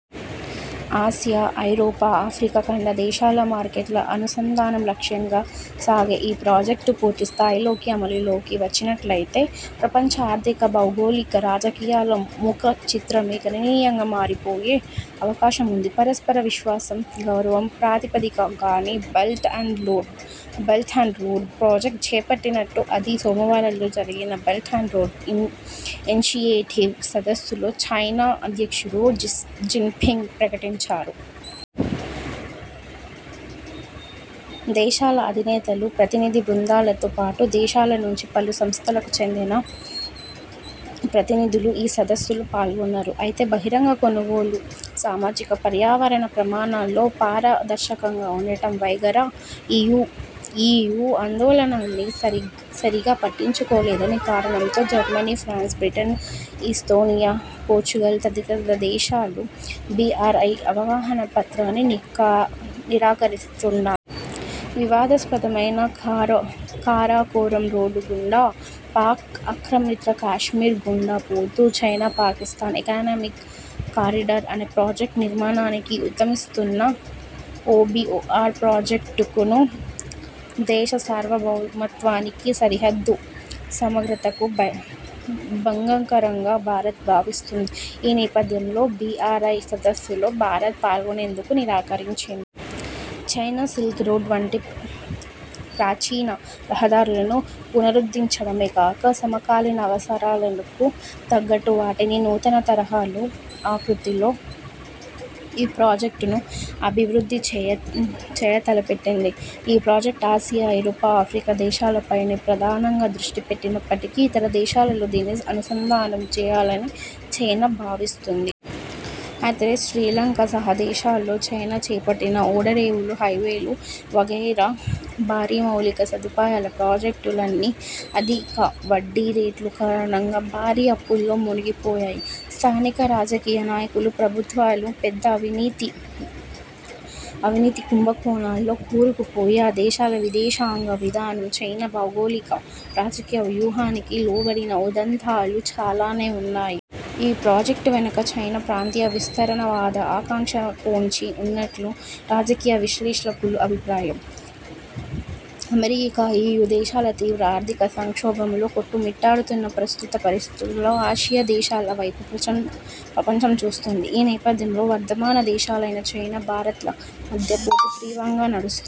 Asia, ఐరోపా, Africa ఖండ దేశాల మార్కె్ట్ల అనుసంధానం లక్ష్యంగా సాగే ఈ ప్రాజెక్టు పూర్తి స్థాయిలోకి అమలులోకి వచ్చినట్లయితే ప్రపంచ ఆర్థిక, భౌగోళిక రాజకీయాల ముఖచిత్రమే గణనీయంగా మారిపోయే అవకాశం ఉంది. పరస్పర విశ్వాసం, గౌరవం ప్రాతిపదిక గానే బెల్ట్ అండ్ రోడ్ ప్రాజెక్టు చేపట్టినట్టు ఆది, సోమవారాల్లో జరిగిన బెల్ట్ అండ్ రోడ్ ఇన్షియేటివ్ సదస్సులో చైనా అధ్యక్షుడు జిన్పింగ్ ప్రకటించారు. దేశాల అధినేతలు, ప్రతినిధి బృందాలతో పాటు, దేశాల నుంచి పలు సంస్థలకు చెందిన ప్రతినిధులు ఈ సదస్సులో పాల్గొన్నారు. అయితే బహిరంగ కొనుగోళ్ళు, సామాజిక, పర్యావరణ ప్రమాణాల్లో పారదర్శకంగా ఉండటం వగైరా ఈయూ ఆందోళనల్ని సరిగా పట్టించుకోలేదనే కారణంతో Germany, France, Britain, Estonia, Portugal తదితర దేశాలు బీఆర్ఐ అవగాహన పత్రాన్ని నిరాకరిస్తు న్నాయి. వివాదాస్పదమైన కారాకోరమ్ రోడ్డు గుండా, పాక్ ఆక్రమిత కశ్మీర్ గుండా పోతూ చైనా పాకిస్థాన్ ఎకానమిక్ కారిడార్ అనే ప్రాజెక్టు నిర్మాణానికి ఊతమిస్తున్న ఓబీఓఆర్ ప్రాజెక్టును దేశ సార్వభౌమత్వానికి, సరిహద్దు సమగ్రతకు భంగకరంగా భారత్ భావిస్తోంది. ఈ నేపథ్యంలో బీఆర్ఐ సదస్సులో భారత్ పాల్గొనేందుకు నిరాకరించింది. చైనా సిల్క్ రోడ్డు వంటి ప్రాచీన రహదారులను పునరుద్ధించడమే కాక, సమకాలీన అవసరాలకు తగ్గట్టు వాటిని నూతన తరహాలో, ఆకృతిలో ఈ ప్రాజెక్టును అభివృద్ధి చేయ తలపెట్టింది. ఈ ప్రాజెక్టు ఆసియా, ఐరోపా, ఆఫ్రికా దేశాలపైనే ప్రధానంగా దృష్టి పెట్టినప్పటికీ ఇతర దేశాలతో దీన్ని అనుసంధానం చేయాలని చైనా భావిస్తోంది. అయితే శ్రీలంక సహా చాలా దేశాల్లో చైనా చేపట్టిన ఓడరేవులు, హైవేలు వగైరా భారీ మౌలిక సదుపాయాల ప్రాజెక్టులన్నీ అధిక వడ్డీ రేట్లు కారణంగా భారీ అప్పుల్లో మునిగిపోయాయి. స్థానిక రాజకీయ నాయకులు, ప్రభుత్వాలు పెద్ద అవినీతి కుంభకోణాల్లో కూరుకుపోయి, ఆ దేశాల విదేశాంగ విధానం చైనా భౌగోళిక రాజకీయ వ్యూహానికి లోబడిన ఉదంతాలు చాలానే ఉన్నాయి. ఈ ప్రాజెక్టు వెనుక చైనా ప్రాంతీయ విస్తరణవాద ఆకాంక్ష పొంచి ఉన్నట్లు రాజకీయ విశ్లేషకుల అభిప్రాయం. అమెరికా, ఈయూ దేశాలు తీవ్ర ఆర్థిక సంక్షోభంలో కొట్టుమిట్టాడుతున్న ప్రస్తుత పరిస్థితులలో ఆసియా దేశాల వైపు ప్రపంచం చూస్తోంది. ఈ నేపథ్యంలో వర్ధమాన దేశాలైన చైనా, భారత్ల మధ్య పోటీ తీవ్రంగా నడుస్తోంది.